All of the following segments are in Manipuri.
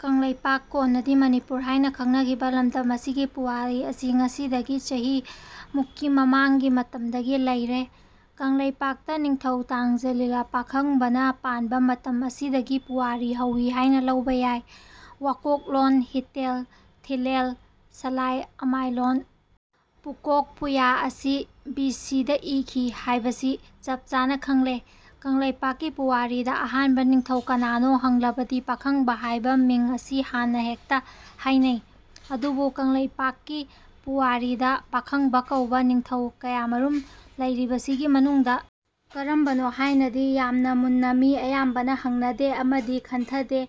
ꯀꯪꯂꯩꯄꯥꯛ (ꯀꯣꯟꯅꯗꯤ ꯃꯅꯤꯄꯨꯔ ꯍꯥꯢꯅ ꯈꯪꯅꯈꯤꯕ) ꯂꯝꯗꯝ ꯑꯁꯤꯒꯤ ꯄꯨꯋꯥꯂꯤ ꯑꯁꯤ ꯉꯁꯤꯗꯒꯤ ꯆꯍꯤ ꯃꯨꯛꯀꯤ ꯃꯃꯥꯡꯒꯤ ꯃꯇꯝꯗꯒꯤ ꯂꯩꯔꯦ꯫ ꯀꯪꯂꯩꯄꯥꯛꯇ ꯅꯤꯡꯊꯧ ꯇꯥꯡꯖ ꯂꯤꯂ ꯄꯥꯈꯪꯕꯅ ꯄꯥꯟꯕ ꯃꯇꯝ ꯑꯁꯤꯗꯒꯤ ꯄꯨꯋꯥꯔꯤ ꯍꯧꯏ ꯍꯥꯢꯅ ꯂꯧꯕ ꯌꯥꯢ꯫ ꯋꯥꯀꯣꯛꯂꯣꯟ ꯍꯤꯂꯦꯜ ꯊꯤꯂꯦꯜ ꯁꯂꯥꯏ ꯑꯃꯥꯏꯂꯣꯟ ꯄꯨꯀꯣꯛ ꯄꯨꯌꯥ ꯑꯁꯤ ꯕꯤ ꯁꯤ ꯗ ꯏꯈꯤ ꯍꯥꯢꯕꯁꯤ ꯆꯞ ꯆꯥꯅ ꯈꯪꯂꯦ꯫ ꯀꯪꯂꯩꯄꯥꯛꯀꯤ ꯄꯨꯋꯥꯔꯤꯗ ꯑꯍꯥꯟꯕ ꯅꯤꯡꯊꯧ ꯀꯅꯥꯅꯣ ꯍꯪꯂꯕꯗꯤ ꯄꯥꯈꯪꯕ ꯍꯥꯢꯕ ꯃꯤꯡ ꯑꯁꯤ ꯍꯥꯟꯅ ꯍꯦꯛꯇ ꯍꯥꯢꯅꯩ꯫ ꯑꯗꯨꯕꯨ ꯀꯪꯂꯩꯄꯥꯛꯀꯤ ꯄꯨꯋꯥꯔꯤꯗ ꯄꯥꯈꯪꯕ ꯀꯧꯕ ꯅꯤꯡꯊꯧ ꯀꯌꯥꯃꯔꯨꯝ ꯂꯩꯔꯤꯕꯁꯤꯒꯤ ꯃꯅꯨꯡꯗ ꯀꯔꯝꯕꯅꯣ ꯍꯥꯢꯅꯗꯤ ꯌꯥꯝꯅ ꯃꯨꯟꯅ ꯃꯤ ꯑꯌꯥꯝꯕꯅ ꯍꯪꯅꯗꯦ ꯑꯃꯗꯤ ꯈꯟꯊꯗꯦ꯫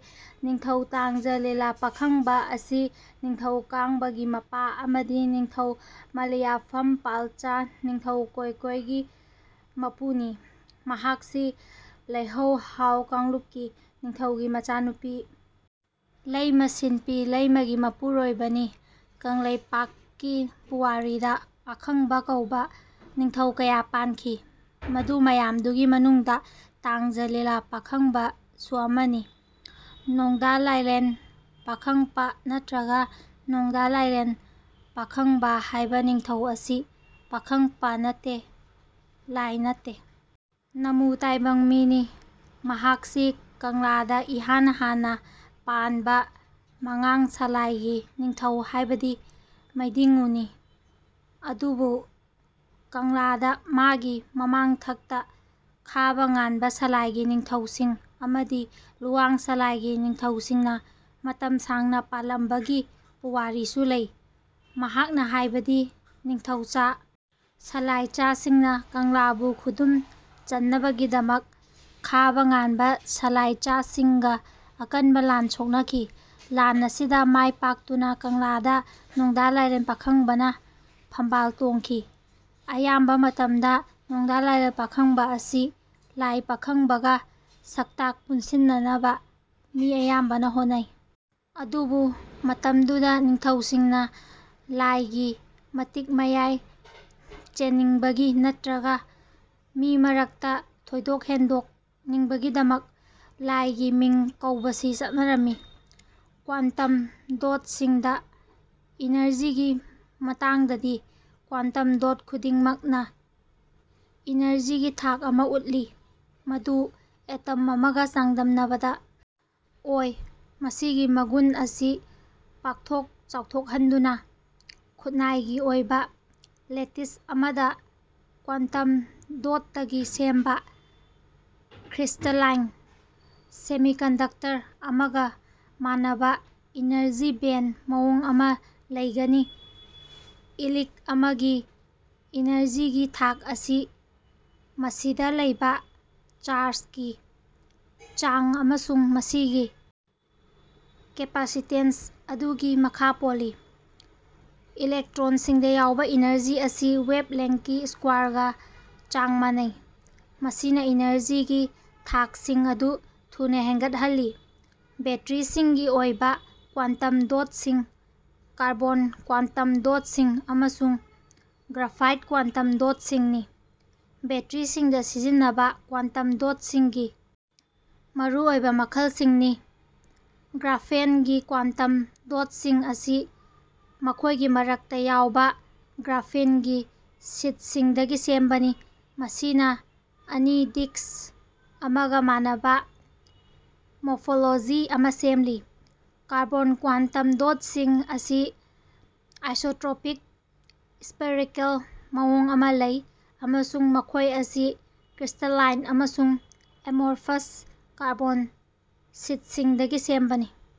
ꯅꯤꯡꯊꯧ ꯇꯥꯡꯖ ꯂꯤꯂ ꯄꯥꯈꯪꯕ ꯑꯁꯤ ꯅꯤꯡꯊꯧ ꯀꯥꯡꯕ ꯒꯤ ꯃꯄꯥ ꯑꯃꯗꯤ ꯅꯤꯡꯊꯧ ꯃꯂꯤꯌꯥꯐꯝ ꯄꯥꯜꯆꯥ (ꯅꯤꯡꯊꯧ ꯀꯣꯢ ꯀꯣꯢ) ꯒꯤ ꯃꯄꯨꯅꯤ꯫ ꯃꯍꯥꯛꯁꯤ ꯂꯩꯍꯧ ꯍꯥꯎ ꯀꯥꯡꯂꯨꯞꯀꯤ ꯅꯤꯡꯊꯧꯒꯤ ꯃꯆꯥꯅꯨꯄꯤ ꯂꯩꯃ ꯁꯤꯟꯄꯤ ꯂꯩꯃꯒꯤ ꯃꯄꯨꯔꯣꯢꯕꯅꯤ꯫ ꯀꯪꯂꯩꯄꯥꯛꯀꯤ ꯄꯨꯋꯥꯔꯤꯗ "ꯄꯥꯈꯪꯕ" ꯀꯧꯕ ꯅꯤꯡꯊꯧ ꯀꯌꯥ ꯄꯥꯟꯈꯤ, ꯃꯗꯨ ꯃꯌꯥꯝꯗꯨꯒꯤ ꯃꯅꯨꯡꯗ "ꯇꯥꯡꯖ ꯂꯤꯂ ꯄꯥꯈꯪꯕ" ꯁꯨ ꯑꯃꯅꯤ꯫ ꯅꯣꯡꯗꯥ ꯂꯥꯢꯂꯦꯟ ꯄꯥꯈꯪꯄ ꯅꯠꯇ꯭ꯔꯒ ꯅꯣꯡꯗꯥ ꯂꯥꯏꯔꯦꯟ ꯄꯥꯈꯪꯕ ꯍꯥꯏꯕ ꯅꯤꯡꯊꯧ ꯑꯁꯤ ꯄꯥꯈꯪꯄ ꯅꯠꯇꯦ, ꯂꯥꯏ ꯅꯠꯇꯦ, ꯅꯃꯨ ꯇꯥꯏꯕꯪ ꯃꯤꯅꯤ꯫ ꯃꯍꯥꯛꯁꯤ ꯀꯪꯂꯥꯗ ꯏꯍꯥꯟ ꯍꯥꯟꯅ ꯄꯥꯟꯕ ꯃꯉꯥꯡ ꯁꯂꯥꯏꯒꯤ ꯅꯤꯡꯊꯧ ꯍꯥꯏꯕꯗꯤ ꯃꯩꯗꯤꯡꯉꯨꯅꯤ꯫ ꯑꯗꯨꯕꯨ ꯀꯪꯂꯥꯗ ꯃꯥꯒꯤ ꯃꯃꯥꯡꯊꯛꯇ ꯈꯥꯕ ꯉꯥꯟꯕ ꯁꯂꯥꯏꯒꯤ ꯅꯤꯡꯊꯧꯁꯤꯡ ꯑꯃꯗꯤ ꯂꯨꯋꯥꯡ ꯁꯂꯥꯏꯒꯤ ꯅꯤꯡꯊꯧꯁꯤꯡꯅ ꯃꯇꯝ ꯁꯥꯡꯅ ꯄꯥꯜꯂꯝꯕꯒꯤ ꯄꯨꯋꯥꯔꯤꯁꯨ ꯂꯩ꯫ ꯃꯍꯥꯛꯅ ꯍꯥꯏꯕꯗꯤ ꯅꯤꯡꯊꯧꯆꯥ ꯁꯂꯥꯏꯆꯥꯁꯤꯡꯅ ꯀꯪꯂꯥꯕꯨ ꯈꯨꯗꯨꯝ ꯆꯟꯅꯕꯒꯤꯗꯃꯛ ꯈꯥꯕ ꯉꯥꯟꯕ ꯁꯂꯥꯏꯆꯥꯁꯤꯡꯒ ꯑꯀꯟꯕ ꯂꯥꯟ ꯁꯣꯛꯅꯈꯤ꯫ ꯂꯥꯟ ꯑꯁꯤꯗ ꯃꯥꯏ ꯄꯥꯛꯇꯨꯅ ꯀꯪꯂꯥꯗ ꯅꯣꯡꯗꯥ ꯂꯥꯏꯔꯦꯜ ꯄꯥꯈꯪꯕꯅ ꯐꯝꯕꯥꯜ ꯇꯣꯡꯈꯤ꯫ ꯑꯌꯥꯝꯕ ꯃꯇꯝꯗ ꯅꯣꯡꯗꯥ ꯂꯥꯏꯂꯦꯜ ꯄꯥꯈꯪꯕ ꯑꯁꯤ ꯂꯥꯏ ꯄꯥꯈꯪꯕꯒ ꯁꯛꯇꯥꯛ ꯄꯨꯟꯁꯤꯟꯅꯅꯕ ꯃꯤ ꯑꯌꯥꯝꯕꯅ ꯍꯣꯠꯅꯩ꯫ ꯑꯗꯨꯕꯨ ꯃꯇꯝꯗꯨꯗ ꯅꯤꯡꯊꯧꯁꯤꯡꯅ ꯂꯥꯏ ꯒꯤ ꯃꯇꯤꯛ ꯃꯌꯥꯏ ꯆꯦꯟꯅꯤꯡꯕꯒꯤ ꯅꯠꯇ꯭ꯔꯒ ꯃꯤ ꯃꯔꯛꯇ ꯊꯣꯏꯗꯣꯛ ꯍꯦꯟꯗꯣꯛꯅꯤꯡꯕꯒꯤꯗꯃꯛ ꯂꯥꯏꯒꯤ ꯃꯤꯡ ꯀꯧꯕꯁꯤ ꯆꯠꯅꯔꯝꯃꯤ꯫ ꯀ꯭ꯋꯥꯟꯇꯝ ꯗꯣꯠ ꯁꯤꯡꯗ ꯏꯅꯔꯖꯤꯒꯤ ꯃꯇꯥꯡꯗꯗꯤ, ꯀ꯭ꯋꯥꯟꯇꯝ ꯗꯣꯠ ꯈꯨꯗꯤꯡꯃꯛꯅ ꯏꯅꯔꯖꯤꯒꯤ ꯊꯥꯛ ꯑꯃ ꯎꯠꯂꯤ ꯃꯗꯨ ꯑꯦꯇꯝ ꯑꯃꯒ ꯆꯥꯡꯗꯝꯅꯕꯗ ꯑꯣꯏ꯫ ꯃꯁꯤꯒꯤ ꯃꯒꯨꯟ ꯑꯁꯤ ꯄꯥꯛꯊꯣꯛ ꯆꯥꯎꯊꯣꯛꯍꯟꯗꯨꯅ, ꯈꯨꯠꯅꯥꯏꯒꯤ ꯑꯣꯏꯕ ꯂꯦꯇꯤꯁ ꯑꯃꯗ (ꯀ꯭ꯋꯥꯟꯇꯝ ꯗꯣꯠꯇꯒꯤ ꯁꯦꯝꯕ) ꯀ꯭ꯔꯤꯁꯇꯂꯥꯏꯟ ꯁꯦꯃꯤꯀꯟꯗꯛꯇꯔ ꯑꯃꯒ ꯃꯥꯟꯅꯕ ꯏꯅꯔꯖꯤ ꯕꯦꯟ ꯃꯑꯣꯡ ꯑꯃ ꯂꯩꯒꯅꯤ꯫ ꯏꯂꯤꯛ ꯑꯃꯒꯤ ꯏꯅꯔꯖꯤꯒꯤ ꯊꯥꯛ ꯑꯁꯤ ꯃꯁꯤꯗ ꯂꯩꯕ ꯆꯥꯔꯖꯀꯤ ꯆꯥꯡ ꯑꯃꯁꯨꯡ ꯃꯁꯤꯒꯤ ꯀꯦꯄꯁꯤꯇꯦꯟꯁ ꯑꯗꯨꯒꯤ ꯃꯈꯥ ꯄꯣꯜꯂꯤ꯫ ꯏꯂꯦꯛꯇ꯭ꯔꯣꯟꯁꯤꯡꯗ ꯌꯥꯎꯕ ꯏꯅꯔꯖꯤ ꯑꯁꯤ ꯋꯦꯚꯂꯦꯡ꯭ꯊꯀꯤ ꯁꯀ꯭ꯋꯥꯔꯒ ꯆꯥꯡ ꯃꯥꯟꯅꯩ꯫ ꯃꯁꯤꯅ ꯏꯅꯔꯖꯤꯒꯤ ꯊꯥꯛꯁꯤꯡ ꯑꯗꯨ ꯊꯨꯅ ꯍꯦꯟꯒꯠꯍꯜꯂꯤ ꯕꯦꯇ꯭ꯔꯤꯁꯤꯡꯒꯤ ꯑꯣꯏꯕ ꯀ꯭ꯋꯥꯟꯇꯝ ꯗꯣꯠꯁꯤꯡ ꯀꯥꯔꯕꯣꯟ ꯀ꯭ꯋꯥꯟꯇꯝ ꯗꯣꯠꯁꯤꯡ ꯑꯃꯁꯨꯡ ꯒ꯭ꯔꯥꯐꯥꯏꯠ ꯀ꯭ꯋꯥꯟꯇꯝ ꯗꯣꯠꯁꯤꯡꯅꯤ꯫ ꯕꯦꯇ꯭ꯔꯤꯁꯤꯡꯗ ꯁꯤꯖꯤꯟꯅꯕ ꯀ꯭ꯋꯥꯟꯇꯝ ꯗꯣꯠꯁꯤꯡꯒꯤ ꯃꯔꯨꯑꯣꯏꯕ ꯃꯈꯜꯁꯤꯡꯅꯤ꯫ ꯒ꯭ꯔꯥꯐꯦꯟꯒꯤ ꯀ꯭ꯋꯥꯟꯇꯝ ꯗꯣꯠꯁꯤꯡ ꯑꯁꯤ ꯃꯈꯣꯏꯒꯤ ꯃꯔꯛꯇ ꯌꯥꯎꯕ ꯒ꯭ꯔꯥꯐꯤꯟꯒꯤ ꯁꯤꯠꯁꯤꯡꯗꯒꯤ ꯁꯦꯝꯕꯅꯤ, ꯃꯁꯤꯅ ꯑꯅꯤ-ꯗꯤꯁ꯭ꯛ ꯑꯃꯒ ꯃꯥꯟꯅꯕ ꯃꯣꯐꯣꯂꯣꯖꯤ ꯑꯃ ꯁꯦꯝꯂꯤ꯫ ꯀꯥꯔꯕꯣꯟ ꯀ꯭ꯋꯥꯟꯇꯝ ꯗꯣꯠꯁꯤꯡ ꯑꯁꯤ ꯑꯥꯏꯁꯣꯇ꯭ꯔꯣꯄꯤꯛ ꯁ꯭ꯄꯦꯔꯤꯀꯦꯜ ꯃꯑꯣꯡ ꯑꯃ ꯂꯩ ꯑꯃꯁꯨꯡ ꯃꯈꯣꯏ ꯑꯁꯤ ꯀ꯭ꯔꯤꯁꯇꯂꯥꯏꯟ ꯑꯃꯁꯨꯡ ꯑꯦꯃꯣꯔꯐꯁ ꯀꯥꯔꯕꯣꯟ ꯁꯤꯠꯁꯤꯡꯗꯒꯤ ꯁꯦꯝꯕꯅꯤ꯫